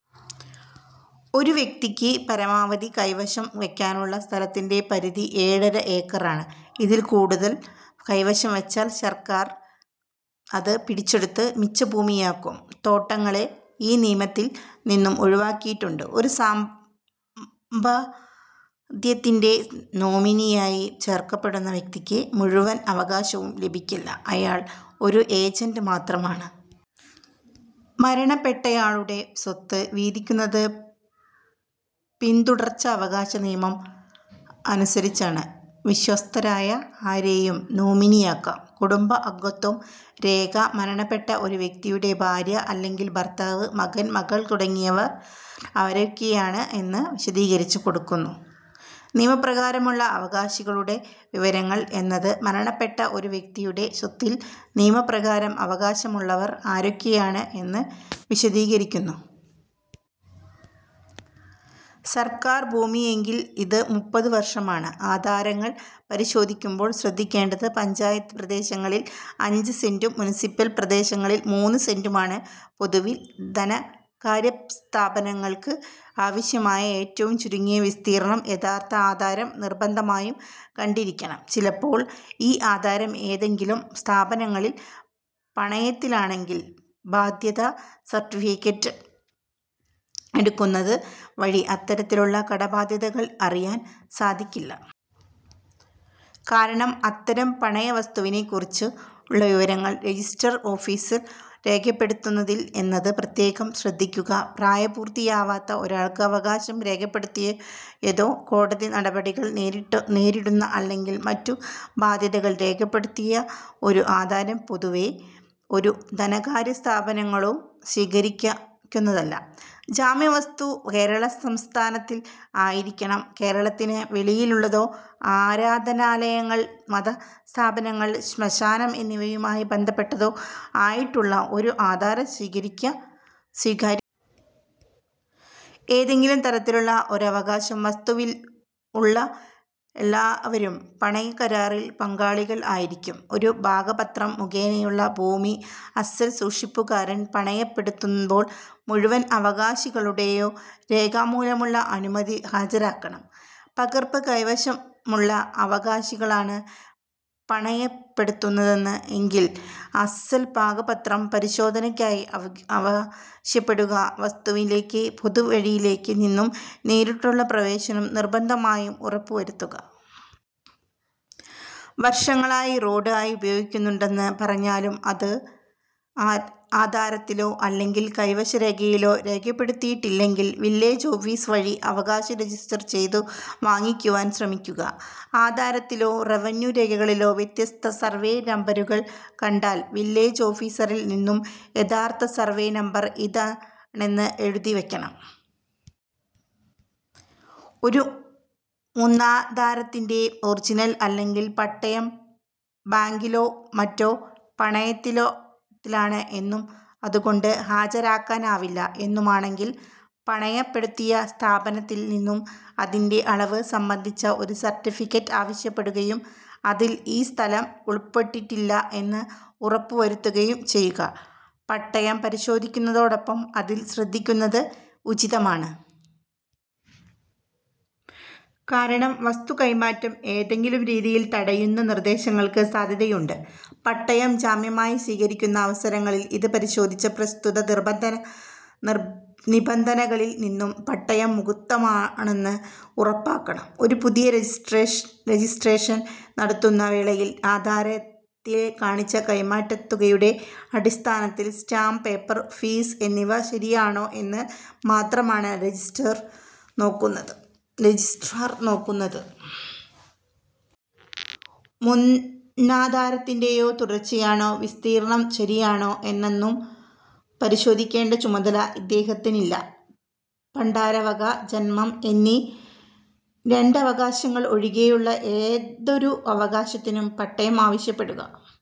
ഒരു വ്യക്തിക്ക് പരമാവധി കൈവശം വെക്കാനുള്ള സ്ഥലത്തിന്റെ പരിധി ഏഴര ഏക്കറാണ്. ഇതിൽ കൂടുതൽ കൈവശം വെച്ചാൽ സർക്കാർ അത് പിടിച്ചെടുത്തു മിച്ചഭൂമിയാക്കും. തോട്ടങ്ങളെ ഈ നിയമത്തിൽ നിന്നും ഒഴിവാക്കിയിട്ടുണ്ട്. ഒരു സമ്പാദ്യത്തിന്റെ നോമിനിയായി ചേർക്കപ്പെടുന്ന വ്യക്തിക്ക് മുഴുവൻ അവകാശവും ലഭിക്കില്ല. അയാൾ ഒരു എജന്റ് മാത്രമാണ്. മരണപ്പെട്ടയാളുടെ സ്വത്ത് വീതിക്കുന്നത് പിന്തുടർച്ച അവകാശ നിയമം അനുസരിച്ചാണ്. വിശ്വസ്തരായ ആരെയും നോമിനിയാക്കം. കുടുംബ അംഗത്വ രേഖ മരണപ്പെട്ട ഒരു വ്യക്തിയുടെ ഭാര്യ അല്ലെങ്കിൽ ഭർത്താവ്, മകൻ, മകൾ തുടങ്ങിയവർ ആരൊക്കെയാണ് എന്ന് വിശദീകരിച്ചു കൊടുക്കുന്നു. നിയമപ്രകാരമുള്ള അവകാശികളുടെ വിവരങ്ങൾ എന്നത് മരണപ്പെട്ട ഒരു വ്യക്തിയുടെ സ്വത്തിൽ നിയമപ്രകാരം അവകാശമുള്ളവർ ആരൊക്കെയാണ് എന്ന് വിശദീകരിക്കുന്നു. സർക്കാർ ഭൂമിയെങ്കിൽ ഇത് മുപ്പതു വർഷമാണ്. ആധാരങ്ങൾ പരിശോധിക്കുമ്പോൾ ശ്രദ്ധിക്കേണ്ടത് പഞ്ചായത്ത് പ്രദേശങ്ങളിൽ അഞ്ച് സെന്റും മുനിസിപൽ പ്രദേശങ്ങളിൽ മൂന്ന് സെന്റുമാണ് പൊതുവിൽ ധനകാര്യ സ്ഥാപനങ്ങൾക്ക് ആവശ്യമായ ഏറ്റവും ചുരുങ്ങിയ വിസ്തീർണ്ണം. യഥാർഥ ആധാരം നിർബന്ധമായും കണ്ടിരിക്കണം. ചിലപ്പോൾ ഈ ആധാരം ഏതെങ്കിലും സ്ഥാപനങ്ങളിൽ പണയത്തിലാണെങ്കിൽ ബാദ്ധ്യതാ സർട്ടിഫിക്കറ്റ് എടുക്കുന്നത് വഴി അത്തരത്തിലുള്ള കടബാദ്ധ്യതകൾ അറിയാൻ സാധിക്കില്ല. കാരണം അത്തരം പണയവസ്തുവിനെക്കുറിച്ചുള്ളവിവരങ്ങൾ രജിസ്ട്രാർ ഓഫീസിൽ രേഖപ്പെടുത്തുന്നില്ല എന്നത് പ്രതേകം ശ്രദ്ധിക്കുക .പ്രായപൂർത്തിയാവാത്ത ഒരാൾക്ക് അവകാശം രേഖപ്പെടുത്തിയതോ കോടതി നടപടികൾ നേരിടുന്ന അല്ലെങ്കിൽ മറ്റു ബാദ്ധ്യതകൾ രേഖപ്പെടുത്തിയ ഒരു ആധാരം പൊതുവേ ഒരു ധനകാര്യ സ്ഥാപനങ്ങളും സ്വീകരിക്കുന്നതല്ല. ജാമ്യ വസ്തു കേരള സംസ്ഥാനത്തിൽ ആയിരിക്കണം. കേരളത്തിന് വെളിയിലുള്ളതോ ആരാധാനാലയങ്ങൾ മതസ്ഥാപനങ്ങൾ ശ്മശാനം എന്നിവയുമായി ബന്ധപ്പെട്ടതോ ആയിട്ടുള്ള ഒരു ആധാരം സ്വീകാര്യമല്ല. ഏതെങ്കിലും തരത്തിലുള്ള ഒരവകാശം വസ്തുവിൽ ഉള്ള എല്ലാവരും പണയ കരാറിൽ പങ്കാളികൾ ആയിരിക്കും. ഒരു ഭാഗപത്രം മുഖേനയുള്ള ഭൂമി അസ്സൽ സൂക്ഷിപ്പുകാരൻ പണയപ്പെടുതുമ്പോൾ, മുഴുവൻ അവകാശികളുടെയും രേഖാമൂലമുള്ള അനുമതി ഹാജരാക്കണം. പകർപ്പ് കൈവശമുള്ള അവകാശികളാണ് പണയപ്പെടുത്തുന്നത് എങ്കിൽ, അസ്സൽ ഭാഗപത്രം പരിശോധനക്കായി ആവശ്യപ്പെടുക. വസ്തുവിലേക്ക് പൊതുവഴിയിൽ നിന്നു നേരിട്ടുള്ള പ്രവേശനം നിർബന്ധമായും ഉറപ്പു വരുത്തുക. വർഷങ്ങളായി റോഡ് ആയി ഉപയോഗിക്കുന്നുണ്ടെന്ന് പറഞ്ഞാലും, അത് ആധാരത്തിലോ അല്ലെങ്കിൽ കൈവശ രേഖയിലോ രേഖപ്പെടുതിയിട്ടില്ലെങ്കിൽ വില്ലേജ് ഓഫീസ് വഴി അവകാശം രജിസ്റ്റർ ചെയ്തു വാങ്ങിക്കുവാൻ ശ്രമിക്കുക. ആധാരത്തിലും റവന്യൂ രേഖകളിലും വ്യത്യസ്ത സർവേ നമ്പരുകൾ കണ്ടാൽ, വില്ലേജ് ഓഫീസറിൽ നിന്നും യഥാർത്ഥ സർവ്വേ നംബർ ഇന്നതാണെന്നു എഴുതി വാങ്ങണം. ഒരു മുന്നാധാരത്തിന്റെേ ഒറിജിനൽ അല്ലെങ്കിൽ പട്ടയം ബാങ്കിലോ മറ്റോ പണയത്തിലാണ് എന്നും അതൊകൊണ്ട് ഹാജരാക്കാനാവില്ല എന്നുമാണങ്കിൽ, പണയപ്പെടുത്തിയ സ്ഥാപനത്തിൽ നിന്നും അതിന്റെ അളവ് സംബന്ധിച്ച ഒരു സർട്ടിഫിക്കറ്റ് ആവശ്യപ്പെടുകയും, അതിൽ ഈ സ്ഥലം ഉൾപ്പെട്ടിട്ടില്ല എന്ന് ഉറപ്പു വരുത്തുകയും ചെയ്യുക. പട്ടയം പരിശോധിക്കുന്നതോടൊപ്പം അതിൽ ശ്രദ്ധിക്കുന്നത് ഉചിതമാണ്. കാരണം വസ്തു കൈമാറ്റം ഏതെങ്കിലും രീതിയിൽ തടയുന്ന നിർദ്ദേശങ്ങൾക്ക് സാധ്യതയുണ്ട്. പട്ടയം ജാമ്യമായി സ്വീകരിക്കുന്ന അവസരങ്ങളിൽ ഇത് പരിശോധിച്ച് പ്രസ്തുത നിബന്ധനകളിൽ നിന്നും പട്ടയം മുക്തമാണെന്ന് ഉറപ്പാക്കണം. ഒരു പുതിയ രജിസ്ട്രേഷൻ നടത്തുന്ന വേളയിൽ, ആധാരത്തിൽ കാണിച്ച കൈമാറ്റതുകയുടെ അടിസ്ഥാനത്തിൽ സ്റ്റാമ്പ് പേപ്പർ, ഫീസ് എന്നിവ ശരിയാണോ എന്ന് മാത്രമാണ് രജിസ്ട്രാർ നോക്കുന്നത്. മുന്നാധാരത്തിന്റെ തുടർച്ചയാണോ, വിസ്തീർണ്ണം ശരിയാണോ എന്നൊന്നും പരിശോധിക്കേണ്ട ചുമതല അദ്ദേഹത്തിനില്ല. പണ്ടാരവക, ജന്മം എന്നീ രണ്ടു അവകാശങ്ങൾ ഒഴികെയുള്ള ഏതൊരു അവകാശത്തിനും പട്ടയം ആവശ്യപ്പെടുക.